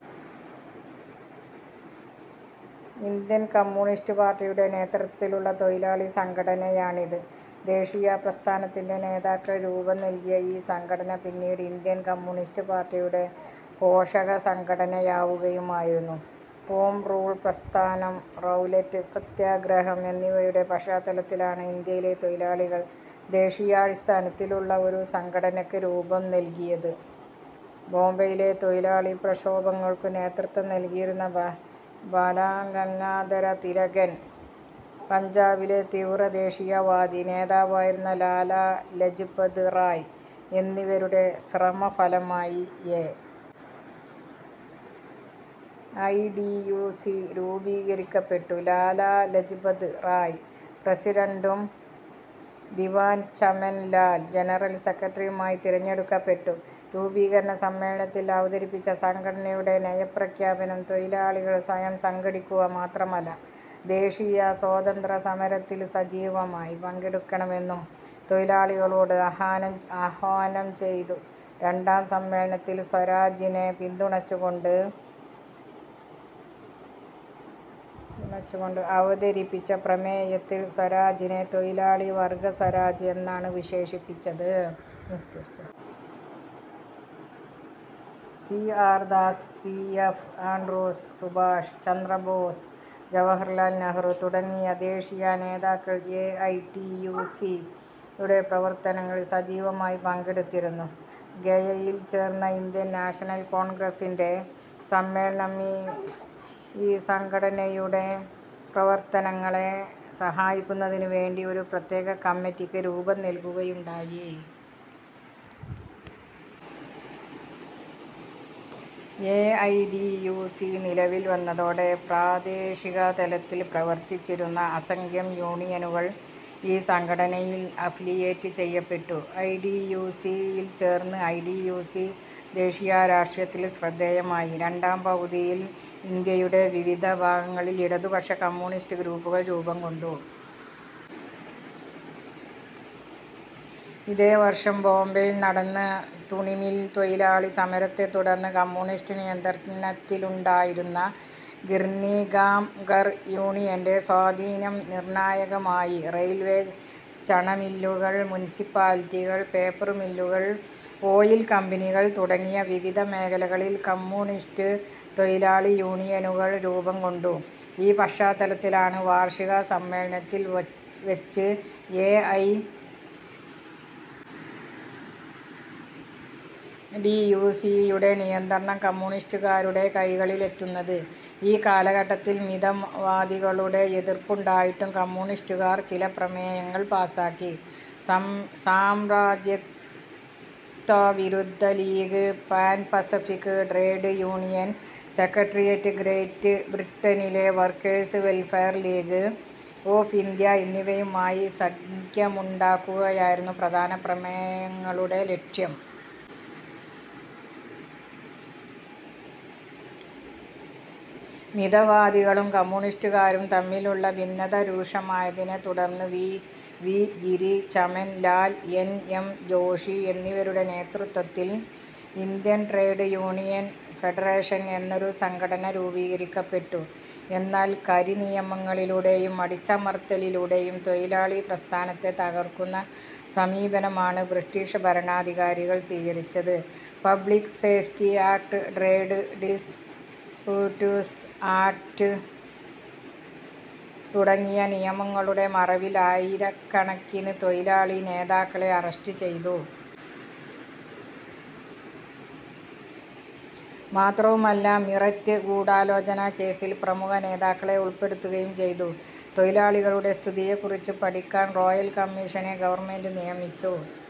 Indian കമ്യൂണിസ്റ്റുപാർട്ടിയുടെ നേതൃത്വത്തിലുള്ള തൊഴിലാളി സംഘടനയാണിത്. ദേശീയ പ്രസ്ഥാനത്തിന്റെ നേതാക്കൾ രൂപം നൽകിയ ഈ സംഘടന പിന്നീട് ഇന്ത്യൻ കമ്യൂണിസ്റ്റുപാർട്ടിയുടെ പോഷക സംഘടനയാവുകയും ആയിരുന്നു. ഹോംറൂൾ പ്രസ്ഥാനം, റൗലറ്റ് സത്യഗ്രഹം എന്നിവയുടെ പശ്ചാത്തലത്തിലാണ് ഇന്ത്യയിലെ തൊഴിലാളികൾ ദേശീയാടിസ്ഥാനത്തിലുള്ള ഒരു സംഘടനയ്ക്കു രൂപംനൽകിയത്. ബോംബെയിലെ തൊഴിലാളി പ്രക്ഷോഭങ്ങൾക്കു നേതൃത്വം നൽകിയിരുന്ന ബാലഗംഗാധര തിലകൻ, പഞ്ചാബിലെ തീവ്രദേശീയവാദി നേതാവായിരുന്ന ലാലാ ലജ്പത് റായ് എന്നിവരുടെ ശ്രമഫലമായി A. I. T. U. C. രൂപീകരിക്കപ്പെട്ടു. ലാലാ ലജ്പത് റായ് പ്രസിഡന്റും ദിവാൻ ചമൻ ലാൽ ജനറൽ സെക്രട്ടറിയുമായി തെരഞ്ഞെടുക്കപ്പെട്ടു. രൂപീകരണ സമ്മേളനത്തിൽ അവതരിപ്പിച്ച സംഘടനയുടെ നയപ്രഖ്യാപനം, തൊഴിലാളികൾ സ്വയം സംഘടിക്കുക മാത്രമല്ല, ദേശീയ സ്വാതന്ത്യസമരത്തിൽ സജീവമായി പങ്കെടുക്കണമെന്നും ' തൊഴിലാളികളോട് ആഹാനംആഹ്വാനം ചെയ്തു. രണ്ടാം സമ്മേളനത്തിൽ സ്വരാജിനെ പിന്തുണച്ചുകൊണ്ട് അവതരിപ്പിച്ച പ്രമേയത്തിൽ, സ്വരാജിനെ തൊഴിലാളിവർഗ സ്വരാജ് എന്നാണ് വിശേഷിപ്പിച്ചത്. C. R. Das, C. F. Andrews, Subhash Chandrabose, Jawaharlal Nehru തുടങ്ങിയ ദേശീയ നേതാക്കൾ A. I. T. U. C. യുടെ പ്രവർത്തനങ്ങളിൽ സജീവമായി പങ്കെടുത്തിരുന്നു. ഗയയിൽ ചേർന്ന ഇന്ത്യൻ നാഷണൽ കോൺഗ്രസ്സിന്റെ സമ്മേളനം ഈ സംഘടനയുടെ പ്രവർത്തനങ്ങളെ സഹായിക്കുന്നതിനുവേണ്ടി ഒരു പ്രത്യേക കമ്മിറ്റിയ്ക്കു രൂപം നൽകുകയുണ്ടായി. A. I. T. U. C. നിലവിൽവന്നതോടെ പ്രാദേശികതലത്തിൽ പ്രവർത്തിച്ചിരുന്ന അസംഖ്യം യൂണിയനുകൾ ഈ സംഘടനയിൽ അഫിലിയേറ്റ് ചെയ്യപ്പെട്ടു. ഐ. ടി. യു. സി. യിൽ ചേർന്നു. ഐ. ടി. യു. സി. ദേശീയ രാഷ്ട്രീയത്തിൽ ശ്രദ്ധേയമായി. രണ്ടാംപകുതിയിൽ ഇന്ത്യയുടെ വിവിധ ഭാഗങ്ങളിൽ ഇടതുപക്ഷ-കമ്യൂണിസ്റ്റു ഗ്രൂപ്പുകൾ രൂപംകൊണ്ടു. ഇതേവർഷം ബോംബെയിൽ നടന്ന തുണിമിൽ തൊഴിലാളി സമരത്തെത്തുടർന്ന്, കമ്യൂണിസ്റ്റു നിയന്ത്രണത്തിലുണ്ടായിരുന്ന ഗിർനി കാംകർ യൂണിയന്റെ, സ്വാധീനം നിർണായകമായി. റെയിൽവെ, ചണമില്ലുകൾ, മുനിസിപ്പാലിറ്റികൾ, പേപ്പർമില്ലുകൾ, ഓയിൽ കമ്പനികൾ തുടങ്ങിയ വിവിധ മേഖലകളിൽ കമ്യൂണിസ്റ്റു തൊഴിലാളി യൂണിയനുകൾ രൂപംകൊണ്ടു. ഈ പശ്ചാത്തലത്തിലാണ് വാർഷിക സമ്മേളനത്തിൽ വച്ച് A. I. T. U. C. യുടെ നിയന്ത്രണം കമ്യൂണിസ്റ്റുകാരുടെ കൈകളിലെത്തുന്നത്. ഈ കാലഘട്ടത്തിൽ മിതവാദികളുടെ എതിർപ്പുണ്ടായിട്ടും കമ്യൂണിസ്റ്റുകാർ ചില പ്രമേയങ്ങൾ പാസ്സാക്കി. സാമ്രാജ്യത്വവിരുദ്ധ league pan pacific trade union secretariat great ബ്രിട്ടനിലെ workers welfare league of India എന്നിവയുമായി സഖ്യമുണ്ടാക്കുകയായിരുന്നു പ്രധാന പ്രമേയങ്ങളുടെ ലക്ഷ്യം. മിതവാദികളും കമ്യൂണിസ്റ്റുകാരും തമ്മിലുള്ള ഭിന്നത രൂക്ഷമായതിനെ തുടർന്ന്, V. V. Giri, Chaman Lal, N. M. Joshi എന്നിവരുടെ നേതൃത്വത്തിൽ ഇന്ത്യൻ ട്രേഡ് യൂണിയൻ ഫെഡറേഷൻ എന്നൊരു സംഘടന രൂപീകരിക്കപ്പെട്ടു. എന്നാൽ, കരിനിയമങ്ങളിലൂടെയും അടിച്ചമർത്തലിലൂടെയും തൊഴിലാളിപ്രസ്ഥാനത്തെ തകർക്കുന്ന സമീപനമാണ് ബ്രിട്ടിഷ് ഭരണാധികാരികൾ സ്വീകരിച്ചത്. Public safety act, trade disputes act തുടങ്ങിയ നിയമങ്ങളുടെ മറവിൽ ആയിരക്കണക്കിന് തൊഴിലാളി നേതാക്കളെ അറസ്റ്റുചെയ്തു. മാത്രവുമല്ല, മീററ്റ് ഗൂഢാലോചനാ കേസ്സിൽ പ്രമുഖ നേതാക്കളെ ഉൾപ്പെടുത്തുകയും ചെയ്തു. തൊഴിലാളികളുടെ സ്ഥിതിയെക്കുറിച്ച് പഠിക്കാൻ റോയൽകമ്മിഷനെ ഗവർമെന്റ് നിയമിച്ചു.